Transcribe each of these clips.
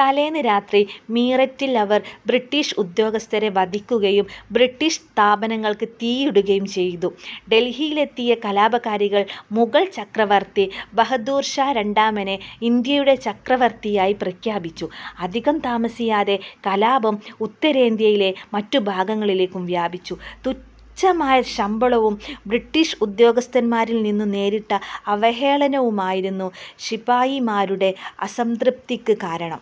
തലേന്ന് രാത്രി മീററ്റിൽ അവർ ബ്രിട്ടീഷ് ഉദ്യോഗസ്ഥരെ വധിക്കുകയും ബ്രിട്ടീഷ് സ്ഥാപനങ്ങൾക്ക് തീയിടുകയും ചെയ്തു. ഡൽഹിയിലെത്തിയ കലാപകാരികൾ മുഗൾ ചക്രവർത്തി ബഹദൂർഷാ രണ്ടാമനെ ഇന്ത്യയുടെ ചക്രവർത്തിയായി പ്രഖ്യാപിച്ചു. അധികം താമസിയാതെ കലാപം ഉത്തരേന്ത്യയിലെ മറ്റു ഭാഗങ്ങളിലേക്കും വ്യാപിച്ചു. തുച്ഛമായ ശമ്പളവും ബ്രിട്ടീഷ് ഉദ്യോഗസ്ഥന്മാരിൽനിന്നു നേരിട്ട അവഹേളനവുമായിരുന്നു ശിപായിമാരുടെ അസംതൃപിക്ക് കാരണം.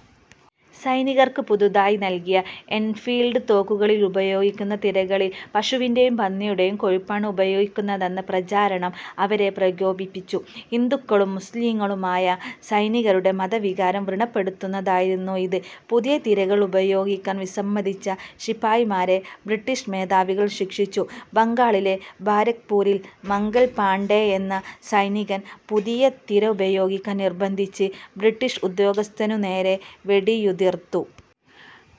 സൈനികർക്ക് പുതുതായി നൽകിയ എൻഫീൽഡ് തോക്കുകളിൽ ഉപയോഗിക്കുന്ന തിരകളിൽ പശുവിന്റെയും പന്നിയുടെയും കൊഴുപ്പാണ് ഉപയോഗിക്കുന്നതെന്ന പ്രചാരണം അവരെ പ്രകോപിപ്പിച്ചു. ഹിന്ദുക്കളും മുസ്ലിംകളുമായ സൈനികരുടെ മതവികാരം വ്രണപ്പെടുത്തുന്നതായിരുന്നു ഇത്. പുതിയ തിരകൾ ഉപയോഗിക്കാൻ വിസമ്മതിച്ച ശിപായിമാരെ ബ്രിട്ടീഷ് മേധാവികൾ ശിക്ഷിച്ചു. ബംഗാളിലെ ബാരക്പൂരിൽ മംഗൽ പാണ്ഡെ എന്ന സൈനികൻ പുതിയ തിര ഉപയോഗിക്കാൻ നിർബന്ധിച്ച് ബ്രിട്ടീഷ് ഉദ്യോഗസ്ഥനുനേരെ വെടിയുതിർത്തു.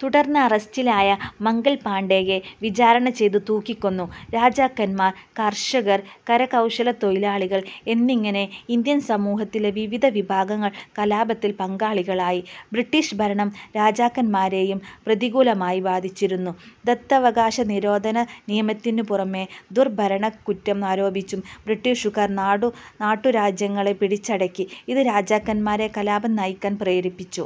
തുടർന്ന് അറസ്റ്റിലായ മംഗൽപാണ്ഡെയെ വിചാരണ ചെയ്ത് തൂക്കിക്കൊന്നു. രാജാക്കന്മാർ, കർഷകർ, കരകൗശലത്തൊഴിലാളികൾ എന്നിങ്ങനെ ഇന്ത്യൻ സമൂഹത്തിലെ വിവിധ വിഭാഗങ്ങൾ കലാപത്തിൽ പങ്കാളികളായി. ബ്രിട്ടീഷ് ഭരണം രാജാക്കന്മാരെയും പ്രതികൂലമായി ബാധിച്ചിരുന്നു. ദത്തവകാശ നിരോധന നിയമത്തിനുപുറമെ ദുർഭരണക്കുറ്റം ആരോപിച്ചും ബ്രിട്ടീഷുകാർ നാട്ടു രാജ്യങ്ങളെ പിടിച്ചടക്കി. ഇത് രാജാക്കന്മാരെ കലാപം നയിക്കാൻ പ്രേരിപ്പിച്ചു.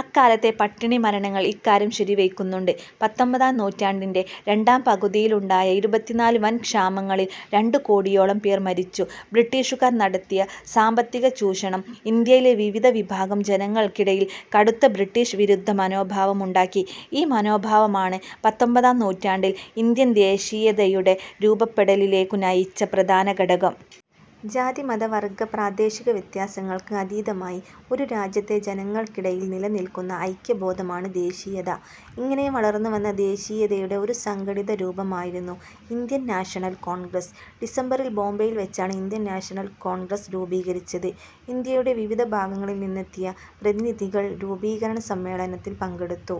അക്കാലത്തെ പട്ടിണിമരണങ്ങൾ ഇക്കാര്യം ശരിവയ്ക്കുന്നുണ്ട്. പത്തൊമ്പതാം നൂറ്റാണ്ടിന്റെ രണ്ടാംപകുതിയിലുണ്ടായ ഇരുപത്തിനാല് വൻ ക്ഷാമങ്ങളിൽ രണ്ടു കോടിയോളം പേർ മരിച്ചു. ബ്രിട്ടീഷുകാർ നടത്തിയ സാമ്പത്തികചൂഷണം ഇന്ത്യയിലെ വിവിധ വിഭാഗം ജനങ്ങൾക്കിടയിൽ കടുത്ത ബ്രിട്ടീഷ് വിരുദ്ധ മനോഭാവം ഉണ്ടാക്കി. ഈ മനോഭാവമാണ് പത്തൊമ്പതാം നൂറ്റാണ്ടിൽ ഇന്ത്യൻ ദേശീയതയുടെ രൂപപ്പെടലിലേക്കു നയിച്ച് പ്രധാന ഘടകം. ജാതി-മത- വർഗ-പ്രാദേശിക വ്യത്യാസങ്ങൾക്ക് അതീതമായി ഒരു രാജ്യത്തെ ജനങ്ങൾക്കിടയിൽ നിലനിൽക്കുന്ന ഐക്യ ബോധമാണ് ദേശീയത. ഇങ്ങനെ വളർന്നുവന്ന ദേശീയതയുടെ ഒരു സംഘടിതരൂപമായിരുന്നു ഇന്ത്യൻ നാഷണൽ കോൺഗ്രസ്. ഡിസംബറിൽ ബോംബെയിൽ വെച്ചാണ് ഇന്ത്യൻ നാഷണൽ കോൺഗ്രസ് രൂപീകരിച്ചത്. ഇന്ത്യയുടെ വിവിധ ഭാഗങ്ങളിൽ നിന്നെത്തിയ പ്രതിനിധികൾ രൂപീകരണ സമ്മേളനത്തിൽ പങ്കെടുത്തു.